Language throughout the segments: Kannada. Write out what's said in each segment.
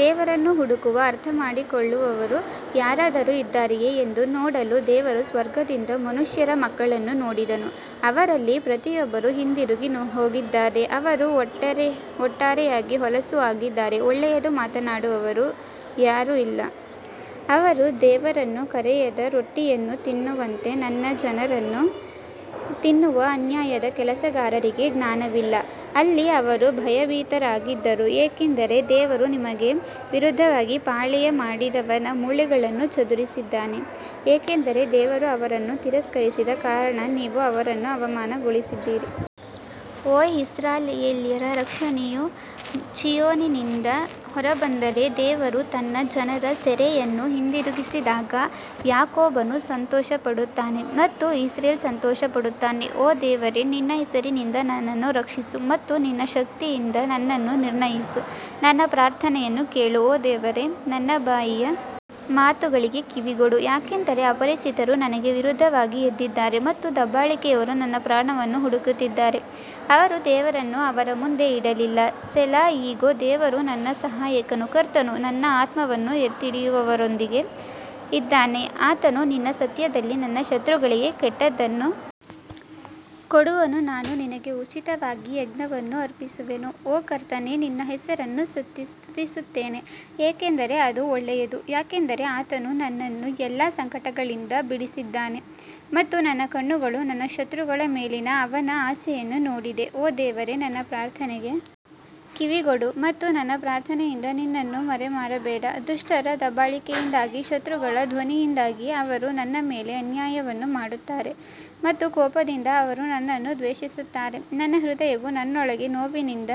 ದೇವರನ್ನು ಹುಡುಕುವ ಅರ್ಥಮಾಡಿಕೊಳ್ಳುವವರು ಯಾರಾದರೂ ಇದ್ದಾರೆಯೇ ಎಂದು ನೋಡಲು ದೇವರು ಸ್ವರ್ಗದಿಂದ ಮನುಷ್ಯರ ಮಕ್ಕಳನ್ನು ನೋಡಿದನು ಅವರಲ್ಲಿ ಪ್ರತಿಯೊಬ್ಬರು ಹಿಂತಿರುಗಿ ಹೋಗಿದ್ದಾರೆ ಅವರು ಒಟ್ಟಾರೆಯಾಗಿ ಹೊಲಸು ಆಗಿದ್ದಾರೆ ಒಳ್ಳೆಯದು ಮಾಡುವವರು ಯಾರೂ ಇಲ್ಲ ಅವರು ದೇವರನ್ನು ಕರೆಯದ ರೊಟ್ಟಿಯನ್ನು ತಿನ್ನುವಂತೆ ನನ್ನ ಜನರನ್ನು ತಿನ್ನುವ ಅನ್ಯಾಯದ ಕೆಲಸಗಾರರಿಗೆ ಜ್ಞಾನವಿಲ್ಲ ಅಲ್ಲಿ ಅವರು ಭಯಭೀತರಾಗಿದ್ದರು, ಏಕೆಂದರೆ ದೇವರು ನಿಮಗೆ ವಿರುದ್ಧವಾಗಿ ಪಾಳೆಯ ಮಾಡಿದವನ ಮೂಳೆಗಳನ್ನು ಚದುರಿಸಿದ್ದಾನೆ, ಏಕೆಂದರೆ ದೇವರು ಅವರನ್ನು ತಿರಸ್ಕರಿಸಿದ ಕಾರಣ ನೀವು ಅವರನ್ನು ಅವಮಾನಗೊಳಿಸಿದ್ದೀರಿ. ಓಹ್, ಇಸ್ರಾಯೇಲ್ಯರ ರಕ್ಷಣೆಯು ಚೀಯೋನಿನಿಂದ ಹೊರಬಂದರೆ, ದೇವರು ತನ್ನ ಜನರ ಸೆರೆಯನ್ನು ಹಿಂದಿರುಗಿಸಿದಾಗ ಯಾಕೋಬನು ಸಂತೋಷಪಡುತ್ತಾನೆ ಮತ್ತು ಇಸ್ರೇಲ್ ಸಂತೋಷಪಡುತ್ತಾನೆ. ಓ ದೇವರೇ ನಿನ್ನ ಹೆಸರಿನಿಂದ ನನ್ನನ್ನು ರಕ್ಷಿಸು ಮತ್ತು ನಿನ್ನ ಶಕ್ತಿಯಿಂದ ನನ್ನನ್ನು ನಿರ್ಣಯಿಸು ನನ್ನ ಪ್ರಾರ್ಥನೆಯನ್ನು ಕೇಳು ಓ ದೇವರೇ ನನ್ನ ಬಾಯಿಯ ಮಾತುಗಳಿಗೆ ಕಿವಿಗೊಡು ಯಾಕಂದರೆ ಅಪರಿಚಿತರು ನನಗೆ ವಿರುದ್ಧವಾಗಿ ಎದ್ದಿದ್ದಾರೆ ಮತ್ತು ದಬ್ಬಾಳಿಕೆಯವರು ನನ್ನ ಪ್ರಾಣವನ್ನು ಹುಡುಕುತ್ತಿದ್ದಾರೆ ಅವರು ದೇವರನ್ನು ಅವರ ಮುಂದೆ ಇಡಲಿಲ್ಲ ಸೆಲಾ ಇಗೋ, ದೇವರು ನನ್ನ ಸಹಾಯಕನು, ಕರ್ತನು ನನ್ನ ಆತ್ಮವನ್ನು ಎತ್ತಿಹಿಡಿಯುವವರೊಂದಿಗೆ ಇದ್ದಾನೆ ಆತನು ನಿನ್ನ ಸತ್ಯದಲ್ಲಿ ನನ್ನ ಶತ್ರುಗಳಿಗೆ ಕೆಟ್ಟದ್ದನ್ನು ಕೊಡುವನು ನಾನು ನಿನಗೆ ಉಚಿತವಾಗಿ ಯಜ್ಞವನ್ನು ಅರ್ಪಿಸುವೆನು, ಓ ಕರ್ತನೇ ನಿನ್ನ ಹೆಸರನ್ನು ಸ್ತುತಿಸುತ್ತೇನೆ ಏಕೆಂದರೆ ಅದು ಒಳ್ಳೆಯದು ಯಾಕಂದರೆ ಆತನು ನನ್ನನ್ನು ಎಲ್ಲಾ ಸಂಕಟದಿಂದ ಬಿಡಿಸಿದ್ದಾನೆ ಮತ್ತು ನನ್ನ ಕಣ್ಣುಗಳು ನನ್ನ ಶತ್ರುಗಳ ಮೇಲಿನ ಅವನ ಆಸೆಯನ್ನು ನೋಡಿದೆ ಓ ದೇವರೇ ನನ್ನ ಪ್ರಾರ್ಥನೆಗೆ ಕಿವಿಗೊಡು ಮತ್ತು ನನ್ನ ಪ್ರಾರ್ಥನೆಯಿಂದ ನಿನ್ನನ್ನು ಮರೆಮಾಡಬೇಡ ದುಷ್ಟರ ದಬ್ಬಾಳಿಕೆಯಿಂದಾಗಿ ಶತ್ರುಗಳ ಧ್ವನಿಯಿಂದಾಗಿ ಅವರು ನನ್ನ ಮೇಲೆ ಅನ್ಯಾಯವನ್ನು ಮಾಡುತ್ತಾರೆ ಮತ್ತು ಕೋಪದಿಂದ ಅವರು ನನ್ನನ್ನು ದ್ವೇಷಿಸುತ್ತಾರೆ ನನ್ನ ಹೃದಯವು ನನ್ನೊಳಗೆ ನೋವಿನಿಂದ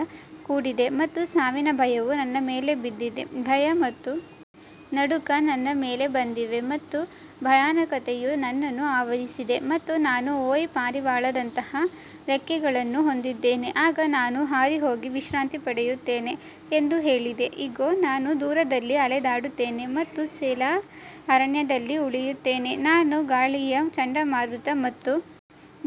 ಕೂಡಿದೆ ಮತ್ತು ಸಾವಿನ ಭಯವು ನನ್ನ ಮೇಲೆ ಬಿದ್ದಿದೆ ಭಯ ಮತ್ತು ನಡುಕ ನನ್ನ ಮೇಲೆ ಬಂದಿವೆ ಮತ್ತು ಭಯಾನಕತೆಯು ನನ್ನನ್ನು ಆವರಿಸಿದೆ ಮತ್ತು ನಾನು ಓಹ್, ಪಾರಿವಾಳದಂತಹ ರೆಕ್ಕೆಗಳನ್ನು ಹೊಂದಿದ್ದೇನೆ, ಆಗ ನಾನು ಹಾರಿಹೋಗಿ ವಿಶ್ರಾಂತಿ ಪಡೆಯುತ್ತೇನೆ ಎಂದು ಹೇಳಿದೆ ಇಗೋ, ನಾನು ದೂರದಲ್ಲಿ ಅಲೆದಾಡುತ್ತೇನೆ ಮತ್ತು ಸೇಲಾ ಅರಣ್ಯದಲ್ಲಿ ಉಳಿಯುತ್ತೇನೆ ನಾನು ಗಾಳಿಯ ಚಂಡಮಾರುತ ಮತ್ತು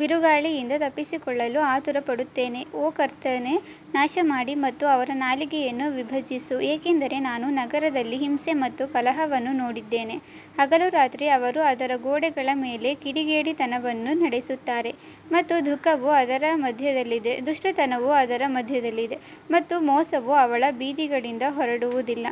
ಬಿರುಗಾಳಿಯಿಂದ ತಪ್ಪಿಸಿಕೊಳ್ಳಲು ಆತುರಪಡುತ್ತೇನೆ ಓ ಕರ್ತನೇ ನಾಶಮಾಡಿ ಮತ್ತು ಅವರ ನಾಲಿಗೆಯನ್ನು ವಿಭಜಿಸು, ಏಕೆಂದರೆ ನಾನು ನಗರದಲ್ಲಿ ಹಿಂಸೆ ಮತ್ತು ಕಲಹವನ್ನು ನೋಡಿದ್ದೇನೆ ಹಗಲು ರಾತ್ರಿ ಅವರು ಅದರ ಗೋಡೆಗಳ ಮೇಲೆ ಕಿಡಿಗೇಡಿತನವನ್ನು ನಡೆಸುತ್ತಾರೆ ಮತ್ತು ದುಃಖವು ಅದರ ಮಧ್ಯದಲ್ಲಿದೆ ದುಷ್ಟತನವು ಅದರ ಮಧ್ಯದಲ್ಲಿದೆ ಮತ್ತು ಮೋಸವು ಅವಳ ಬೀದಿಗಳಿಂದ ಹೊರಡುವುದಿಲ್ಲ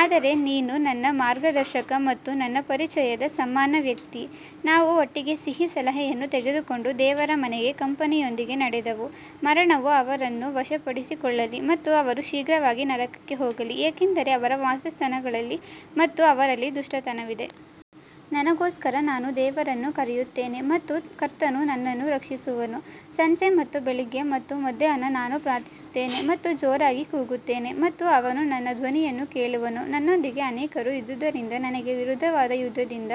ಆದರೆ ನೀನು ನನ್ನ ಮಾರ್ಗದರ್ಶಕ ಮತ್ತು ನನ್ನ ಪರಿಚಯದ ಸಮಾನ ವ್ಯಕ್ತಿ ನಾವು ಒಟ್ಟಿಗೆ ಸಿಹಿ ಸಲಹೆಯನ್ನು ತೆಗೆದುಕೊಂಡು ದೇವರ ಮನೆಗೆ ಕಂಪನಿಯೊಂದಿಗೆ ನಡೆದೆವು ಮರಣವು ಅವರನ್ನು ವಶಪಡಿಸಿಕೊಳ್ಳಲಿ ಮತ್ತು ಅವರು ಶೀಘ್ರವಾಗಿ ನರಕಕ್ಕೆ ಹೋಗಲಿ, ಏಕೆಂದರೆ ಅವರ ವಾಸಸ್ಥಾನಗಳಲ್ಲಿ ಮತ್ತು ಅವರಲ್ಲಿ ದುಷ್ಟತನವಿದೆ. ನನಗೋಸ್ಕರ ನಾನು ದೇವರನ್ನು ಕರೆಯುತ್ತೇನೆ ಮತ್ತು ಕರ್ತನು ನನ್ನನ್ನು ರಕ್ಷಿಸುವನು ಸಂಜೆ ಮತ್ತು ಬೆಳಿಗ್ಗೆ ಮತ್ತು ಮಧ್ಯಾಹ್ನ ನಾನು ಪ್ರಾರ್ಥಿಸುತ್ತೇನೆ ಮತ್ತು ಜೋರಾಗಿ ಕೂಗುತ್ತೇನೆ ಮತ್ತು ಅವನು ನನ್ನ ಧ್ವನಿಯನ್ನು ಕೇಳುವನು ನನ್ನೊಂದಿಗೆ ಅನೇಕರು ಇದ್ದುದರಿಂದ ನನಗೆ ವಿರುದ್ಧವಾದ ಯುದ್ಧದಿಂದ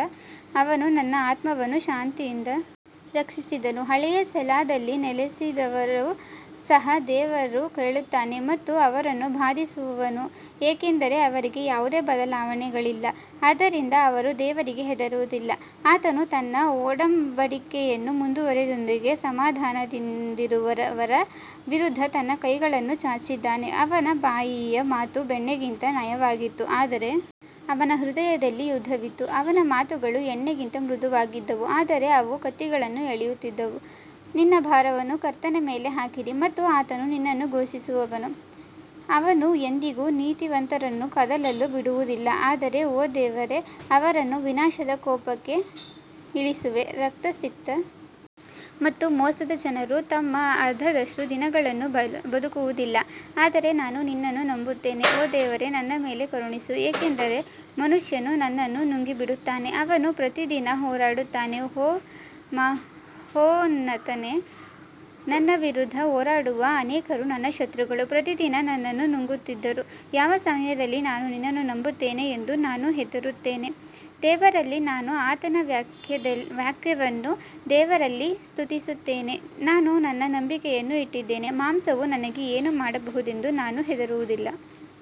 ಅವನು ನನ್ನ ಆತ್ಮವನ್ನು ಶಾಂತಿಯಿಂದ ರಕ್ಷಿಸಿದನು ಹಳೆಯ ಸೆಲಾದಲ್ಲಿ ನೆಲೆಸಿರುವವರೂ ಸಹ ದೇವರು ಕೇಳುತ್ತಾನೆ ಮತ್ತು ಅವರನ್ನು ಬಾಧಿಸುವನು ಏಕೆಂದರೆ ಅವರಿಗೆ ಯಾವುದೇ ಬದಲಾವಣೆಗಳಿಲ್ಲ, ಆದ್ದರಿಂದ ಅವರು ದೇವರಿಗೆ ಹೆದರುವುದಿಲ್ಲ ಆತನು ತನ್ನ ಒಡಂಬಡಿಕೆಯನ್ನು ಮುರಿದವರೊಂದಿಗೆ ಸಮಾಧಾನದಿಂದಿರುವವರ ವಿರುದ್ಧ ತನ್ನ ಕೈಗಳನ್ನು ಚಾಚಿದ್ದಾನೆ ಅವನ ಬಾಯಿಯ ಮಾತು ಬೆಣ್ಣೆಗಿಂತ ನಯವಾಗಿತ್ತು ಆದರೆ ಅವನ ಹೃದಯದಲ್ಲಿ ಯುದ್ಧವಿತ್ತು ಅವನ ಮಾತುಗಳು ಎಣ್ಣೆಗಿಂತ ಮೃದುವಾಗಿದ್ದವು ಆದರೆ ಅವು ಕತ್ತಿಗಳನ್ನು ಎಳೆಯುತ್ತಿದ್ದವು ನಿನ್ನ ಭಾರವನ್ನು ಕರ್ತನ ಮೇಲೆ ಹಾಕಿರಿ ಮತ್ತು ಆತನು ನಿನ್ನನ್ನು ಪೋಷಿಸುವನು ಅವನು ಎಂದಿಗೂ ನೀತಿವಂತರನ್ನು ಕದಲಲು ಬಿಡುವುದಿಲ್ಲ ಆದರೆ ಓ ದೇವರೇ ಅವರನ್ನು ವಿನಾಶದ ಕೂಪಕ್ಕೆ ಇಳಿಸುವೆ, ರಕ್ತಸಿಕ್ತ ಮತ್ತು ಮೋಸದ ಜನರು ತಮ್ಮ ಅರ್ಧದಷ್ಟು ದಿನಗಳನ್ನು ಬದುಕುವುದಿಲ್ಲ ಆದರೆ ನಾನು ನಿನ್ನನ್ನು ನಂಬುತ್ತೇನೆ ಓ ದೇವರೇ ನನ್ನ ಮೇಲೆ ಕರುಣಿಸು, ಏಕೆಂದರೆ ಮನುಷ್ಯನು ನನ್ನನ್ನು ನುಂಗಿಬಿಡುತ್ತಾನೆ, ಅವನು ಪ್ರತಿದಿನ ಹೋರಾಡುತ್ತಾನೆ ಓ ಮಹೋನ್ನತನೇ, ನನ್ನ ವಿರುದ್ಧ ಹೋರಾಡುವ ಅನೇಕರು ನನ್ನ ಶತ್ರುಗಳು ಪ್ರತಿದಿನ ನನ್ನನ್ನು ನುಂಗುತ್ತಿದ್ದರು ಯಾವ ಸಮಯದಲ್ಲಿ ನಾನು ನಿನ್ನನ್ನು ನಂಬುತ್ತೇನೆ ಎಂದು ನಾನು ಹೆದರುತ್ತೇನೆ ದೇವರಲ್ಲಿ ನಾನು ಆತನ ವಾಕ್ಯವನ್ನು ದೇವರಲ್ಲಿ ಸ್ತುತಿಸುತ್ತೇನೆ ನಾನು ನನ್ನ ನಂಬಿಕೆಯನ್ನು ಇಟ್ಟಿದ್ದೇನೆ ಮಾಂಸವು ನನಗೆ ಏನು ಮಾಡಬಹುದೆಂದು ನಾನು ಹೆದರುವುದಿಲ್ಲ.